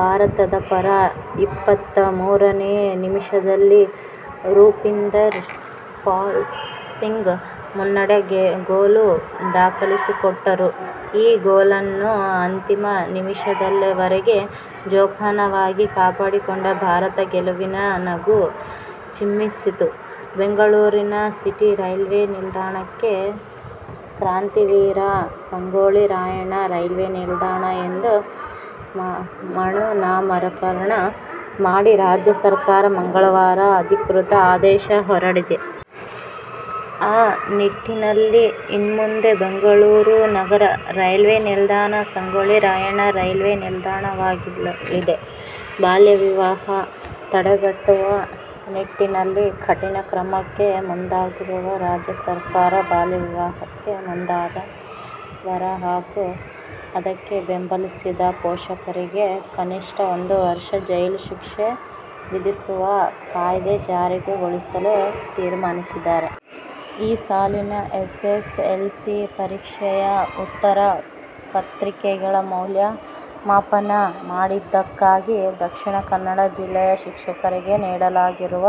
ಭಾರತದ ಪರ ಇಪ್ಪತ್ತಮೂರನೇ ನಿಮಿಷದಲ್ಲಿ ರೂಪಿಂದರ್ ಪಾಲ್ ಸಿಂಗ್ ಮುನ್ನಡೆ ಗೋಲು ದಾಖಲಿಸಿಕೊಟ್ಟರು. ಈ ಗೋಲನ್ನು ಅಂತಿಮ ನಿಮಿಷದವರೆಗೆ ಜೋಪಾನವಾಗಿ ಕಾಪಾಡಿಕೊಂಡ ಭಾರತ ಗೆಲುವಿನ ನಗು ಚಿಮ್ಮಿಸಿತು. ಬೆಂಗಳೂರು ಸಿಟಿ ರೈಲ್ವೆ ನಿಲ್ದಾಣಕ್ಕೆ ಕ್ರಾಂತಿವೀರ ಸಂಗೊಳ್ಳಿ ರಾಯಣ್ಣ ರೈಲ್ವೆ ನಿಲ್ದಾಣ ಎಂದು ಮರುನಾಮಕರಣ ಮಾಡಿ ರಾಜ್ಯ ಸರ್ಕಾರ ಮಂಗಳವಾರ ಅಧಿಕೃತ ಆದೇಶ ಹೊರಡಿಸಿದೆ. ಆ ನಿಟ್ಟಿನಲ್ಲಿ ಇನ್ಮುಂದೆ ಬೆಂಗಳೂರು ನಗರ ರೈಲ್ವೆ ನಿಲ್ದಾಣ ಸಂಗೊಳ್ಳಿ ರಾಯಣ್ಣ ರೈಲ್ವೆ ನಿಲ್ದಾಣವಾಗಲಿದೆ. ಬಾಲ್ಯ ವಿವಾಹ ತಡೆಗಟ್ಟುವ ನಿಟ್ಟಿನಲ್ಲಿ ಕಠಿಣ ಕ್ರಮಕ್ಕೆ ಮುಂದಾಗಿರುವ ರಾಜ್ಯ ಸರ್ಕಾರ, ಬಾಲ್ಯವಿವಾಹಕ್ಕೆ ಮುಂದಾದ ವರ ಹಾಗೂ ಅದಕ್ಕೆ ಬೆಂಬಲಿಸಿದ ಪೋಷಕರಿಗೆ ಕನಿಷ್ಠ ಒಂದು ವರ್ಷ ಜೈಲು ಶಿಕ್ಷೆ ವಿಧಿಸುವ ಕಾಯ್ದೆ ಜಾರಿಗೊಳಿಸಲು ತೀರ್ಮಾನಿಸಿದೆ. ಈ ಸಾಲಿನ ಎಸ್ಎಸ್ಎಲ್ಸಿ ಪರೀಕ್ಷೆಯ ಉತ್ತರ ಪತ್ರಿಕೆಗಳ ಮೌಲ್ಯಮಾಪನ ಮಾಡಿದ್ದಕ್ಕಾಗಿ ದಕ್ಷಿಣ ಕನ್ನಡ ಜಿಲ್ಲೆಯ ಶಿಕ್ಷಕರಿಗೆ ನೀಡಲಾಗಿರುವ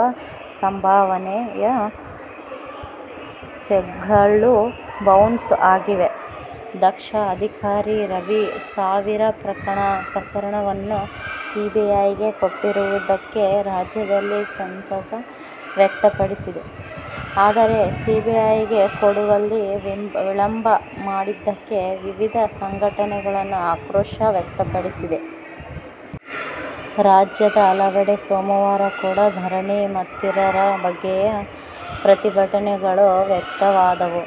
ಸಂಭಾವನೆಯ ಚೆಕ್ಗಳು ಬೌನ್ಸ್ ಆಗಿವೆ. ದಕ್ಷ ಅಧಿಕಾರಿ ರವಿ ಸಾವಿನ ಪ್ರಕರಣವನ್ನು ಸಿಬಿಐಗೆ ಕೊಟ್ಟಿರುವುದಕ್ಕೆ ರಾಜ್ಯದಲ್ಲಿ ಸಂತಸ ವ್ಯಕ್ತವಾಗಿದೆ. ಆದರೆ ಸಿಬಿಐಗೆ ಕೊಡುವಲ್ಲಿ ವಿಳಂಬ ಮಾಡಿದ್ದಕ್ಕೆ ವಿವಿಧ ಸಂಘಟನೆಗಳು ಆಕ್ರೋಶ ವ್ಯಕ್ತಪಡಿಸಿವೆ. ರಾಜ್ಯದ ಹಲವೆಡೆ ಸೋಮವಾರ ಕೂಡ ಧರಣಿ ಮತ್ತಿತರರ ಬಗೆಯ ಪ್ರತಿಭಟನೆಗಳು ವ್ಯಕ್ತವಾದವು.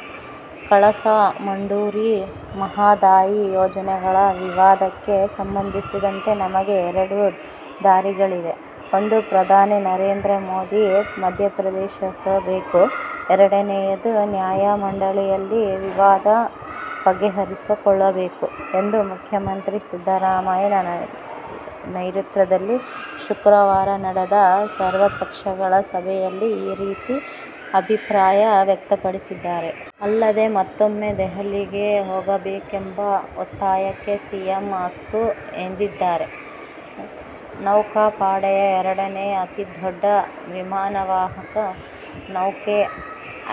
ಕಳಸಾ ಬಂಡೂರಿ ಮಹದಾಯಿ ಯೋಜನೆಗಳ ವಿವಾದಕ್ಕೆ ಸಂಬಂಧಿಸಿದಂತೆ ನಮಗೆ ಎರಡು ದಾರಿಗಳಿವೆ. ಒಂದು ಪ್ರಧಾನಿ ನರೇಂದ್ರ ಮೋದಿ ಮಧ್ಯಪ್ರವೇಶಿಸಬೇಕು, ಎರಡನೇಯದು ನ್ಯಾಯಮಂಡಳಿಯಲ್ಲಿ ವಿವಾದ ಬಗೆಹರಿಸಿಕೊಳ್ಳಬೇಕು ಎಂದು ಮುಖ್ಯಮಂತ್ರಿ ಸಿದ್ದರಾಮಯ್ಯ ನೇತೃತ್ವದಲ್ಲಿ ಶುಕ್ರವಾರ ನಡೆದ ಸರ್ವಪಕ್ಷಗಳ ಸಭೆಯಲ್ಲಿ ಈ ರೀತಿ ಅಭಿಪ್ರಾಯ ವ್ಯಕ್ತಪಡಿಸಿದ್ದಾರೆ. ಅಲ್ಲದೇ ಮತ್ತೊಮ್ಮೆ ದೆಹಲಿಗೆ ಹೋಗಬೇಕೆಂಬ ಒತ್ತಾಯಕ್ಕೆ ಸಿಎಂ ಅಸ್ತು ಎಂದಿದ್ದಾರೆ. ನೌಕಾಪಡೆಯ ಎರಡನೇ ಅತಿದೊಡ್ಡ ವಿಮಾನವಾಹಕ ನೌಕೆ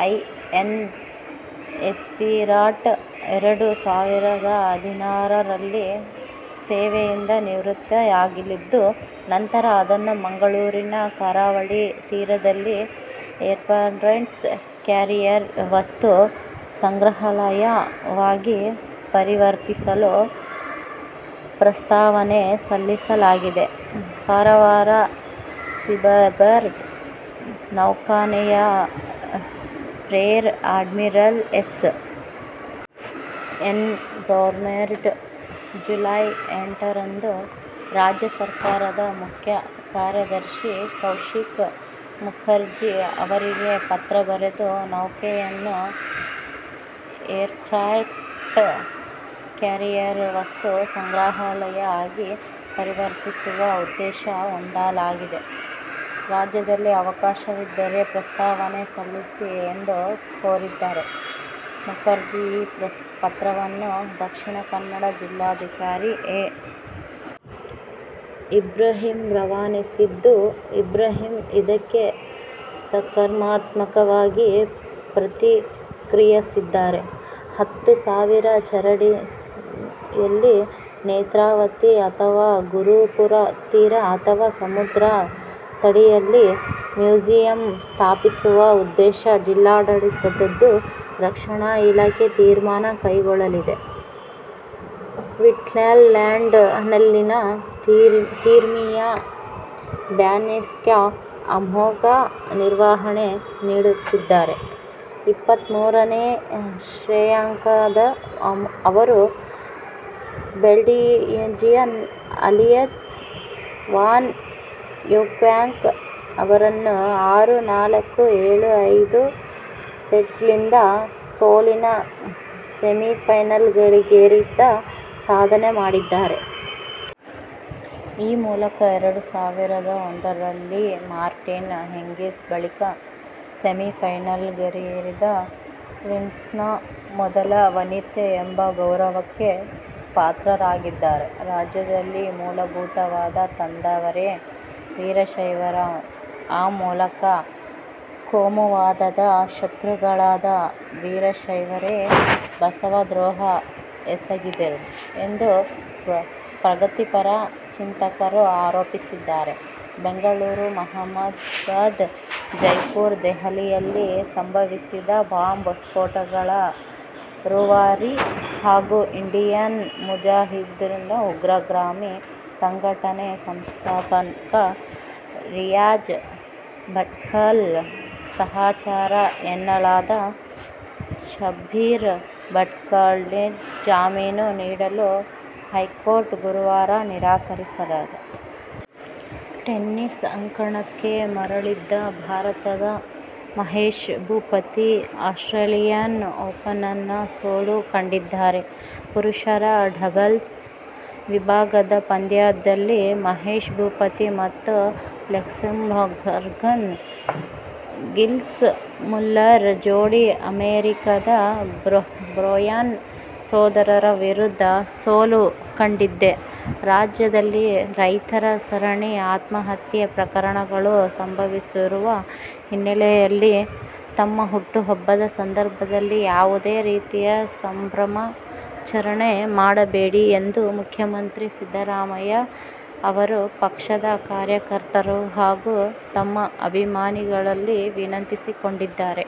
"ಐಎನ್ಎಸ್ವಿರಾಟ್' ಎರಡು ಸಾವಿರದ ಹದಿನಾರರಲ್ಲಿ ಸೇವೆಯಿಂದ ನಿವೃತ್ತಿಯಾಗಲಿದ್ದು, ನಂತರ ಅದನ್ನು ಮಂಗಳೂರಿನ ಕರಾವಳಿ ತೀರದಲ್ಲಿ "ಏರ್ಕ್ರಾಪ್ಟ್ ಕ್ಯಾರಿಯರ್ ವಸ್ತು ಸಂಗ್ರಹಾಲಯ' ವಾಗಿ ಪರಿವರ್ತಿಸಲು ಪ್ರಸ್ತಾವನೆ ಸಲ್ಲಿಸಲಾಗಿದೆ. ಕಾರವಾರ ಸೀಬರ್ಡ್ ನೌಕಾನೆಲೆಯ rear admiral S. N. Ghormade July ಎಂಟರಂದು ರಾಜ್ಯ ಸರಕಾರದ ಮುಖ್ಯ ಕಾರ್ಯದರ್ಶಿ ಕೌಶಿಕ್ ಮುಖರ್ಜಿ ಅವರಿಗೆ ಪತ್ರ ಬರೆದು, ನೌಕೆಯನ್ನು "ಏರ್ಕ್ರಾಪ್ಟ್ ಕ್ಯಾರಿಯರ್ ವಸ್ತು ಸಂಗ್ರಹಾಲಯ' ಆಗಿ ಪರಿವರ್ತಿಸುವ ಉದ್ದೇಶ ಹೊಂದಲಾಗಿದೆ. ರಾಜ್ಯದಲ್ಲಿ ಅವಕಾಶವಿದ್ದರೆ ಪ್ರಸ್ತಾವನೆ ಸಲ್ಲಿಸಿ ಎಂದು ಕೋರಿದ್ದರು. ಮುಖರ್ಜಿ ಈ ಪತ್ರವನ್ನು ದಕ್ಷಿಣ ಕನ್ನಡ ಜಿಲ್ಲಾಧಿಕಾರಿ ಎ. ಬಿ. ಇಬ್ರಾಹಿಂಗೆ ರವಾನಿಸಿದ್ದು, ಇಬ್ರಾಹಿಂ ಇದಕ್ಕೆ ಸಕಾರಾತ್ಮಕವಾಗಿ ಪ್ರತಿಕ್ರಿಯಿಸಿದ್ದಾರೆ. ಹತ್ತು ಸಾವಿರ ಚದರಡಿಯಲ್ಲಿ ನೇತ್ರಾವತಿ ಅಥವಾ ಗುರುಪುರ ತೀರ ಅಥವಾ ಸಮುದ್ರ ತಡಿಯಲ್ಲಿ ಮ್ಯೂಸಿಯಂ ಸ್ಥಾಪಿಸುವ ಉದ್ದೇಶ ಜಿಲ್ಲಾಡಳಿತದ್ದು. ರಕ್ಷಣಾ ಇಲಾಖೆ ತೀರ್ಮಾನ ಕೈಗೊಳ್ಳಲಿದೆ. ಸ್ವಿಟ್ಸರ್ಲ್ಯಾಂಡಿನ ತಿಮಿಯಾ ಬಾಸಿನ್ಸ್ಕಿ ಅಮೋಘ ನಿರ್ವಹಣೆ ನೀಡುತ್ತಿದ್ದಾರೆ. ಇಪ್ಪತ್ತಮೂರನೇ ಶ್ರೇಯಾಂಕದ ಅವರು ಬೆಲ್ಜಿಯಂನ ಅಲಿಸನ್ ವಾನ್ ಯೂಸ್ಟಂಕ್ ಅವರನ್ನು ಆರು-ನಾಲ್ಕು, ಏಳು-ಐದು ಸೆಟ್ಗಳಿಂದ ಸೋಲಿಸಿ ಸೆಮಿಫೈನಲಿಗೇರಿದ ಸಾಧನೆ ಮಾಡಿದ್ದಾರೆ. ಈ ಮೂಲಕ ಎರಡು ಸಾವಿರದ ಒಂದರಲ್ಲಿ ಮಾರ್ಟಿನಾ ಹಿಂಗಿಸ್ ಬಳಿಕ ಸೆಮಿಫೈನಲಿಗೇರಿದ ಸ್ವಿಸ್ನ ಮೊದಲ ವನಿತೆ ಎಂಬ ಗೌರವಕ್ಕೆ ಪಾತ್ರರಾಗಿದ್ದಾರೆ. ರಾಜ್ಯದಲ್ಲಿ ಮೂಲಭೂತವಾದ ತಂದವರೇ ವೀರಶೈವರು. ಆ ಮೂಲಕ ಕೋಮುವಾದದ ಶತ್ರುಗಳಾದ ವೀರಶೈವರೇ ಬಸವ ದ್ರೋಹ ಎಸಗಿದರು ಎಂದು ಪ್ರಗತಿಪರ ಚಿಂತಕರು ಆರೋಪಿಸಿದ್ದಾರೆ. ಬೆಂಗಳೂರು, ಅಹಮದಾಬಾದ್, ಜೈಪುರ, ದೆಹಲಿಯಲ್ಲಿ ಸಂಭವಿಸಿದ್ದ ಬಾಂಬ್ ಸ್ಫೋಟಗಳ ರೂವಾರಿ ಹಾಗೂ ಇಂಡಿಯನ್ ಮುಜಾಹಿದೀನ್ ಉಗ್ರಗಾಮಿ ಸಂಘಟನೆಯ ಸಂಸ್ಥಾಪಕ ರಿಯಾಜ್ ಭಟ್ಕಳ್ ಸಹಚರ ಎನ್ನಲಾದ ಶಬ್ಬೀರ್ ಭಟ್ಕಳ್ಗೆಜಾಮೀನು ನೀಡಲು ಹೈಕೋರ್ಟ್ ಗುರುವಾರ ನಿರಾಕರಿಸಿದೆ. ಟೆನಿಸ್ ಅಂಕಣಕ್ಕೆ ಮರಳಿದ್ದ ಭಾರತದ ಮಹೇಶ್ ಭೂಪತಿ ಆಸ್ಟ್ರೇಲಿಯನ್ ಓಪನ್ನಲ್ಲಿ ಸೋಲು ಕಂಡಿದ್ದಾರೆ. ಪುರುಷರ ಡಬಲ್ಸ್ ವಿಭಾಗದ ಪಂದ್ಯದಲ್ಲಿ ಮಹೇಶ್ ಭೂಪತಿ ಮತ್ತು ಲಕ್ಸೆಂಬರ್ಗ್ನ ಗಿಲ್ಸ್ ಮುಲ್ಲರ್ ಜೋಡಿ ಅಮೆರಿಕದ ಬ್ರಯಾನ್ ಸೋದರರ ವಿರುದ್ಧ ಸೋಲು ಕಂಡಿದೆ. ರಾಜ್ಯದಲ್ಲಿ ರೈತರ ಸರಣಿ ಆತ್ಮಹತ್ಯೆ ಪ್ರಕರಣಗಳು ಸಂಭವಿಸಿರುವ ಹಿನ್ನೆಲೆಯಲ್ಲಿ ತಮ್ಮ ಹುಟ್ಟುಹಬ್ಬದ ಸಂದರ್ಭದಲ್ಲಿ ಯಾವುದೇ ರೀತಿಯ ಸಂಭ್ರಮಾಚರಣೆ ಮಾಡಬೇಡಿ ಎಂದು ಮುಖ್ಯಮಂತ್ರಿ ಸಿದ್ದರಾಮಯ್ಯ ಅವರು ಪಕ್ಷದ ಕಾರ್ಯಕರ್ತರು ಹಾಗೂ ತಮ್ಮ ಅಭಿಮಾನಿಗಳಲ್ಲಿ ವಿನಂತಿಸಿಕೊಂಡಿದ್ದಾರೆ.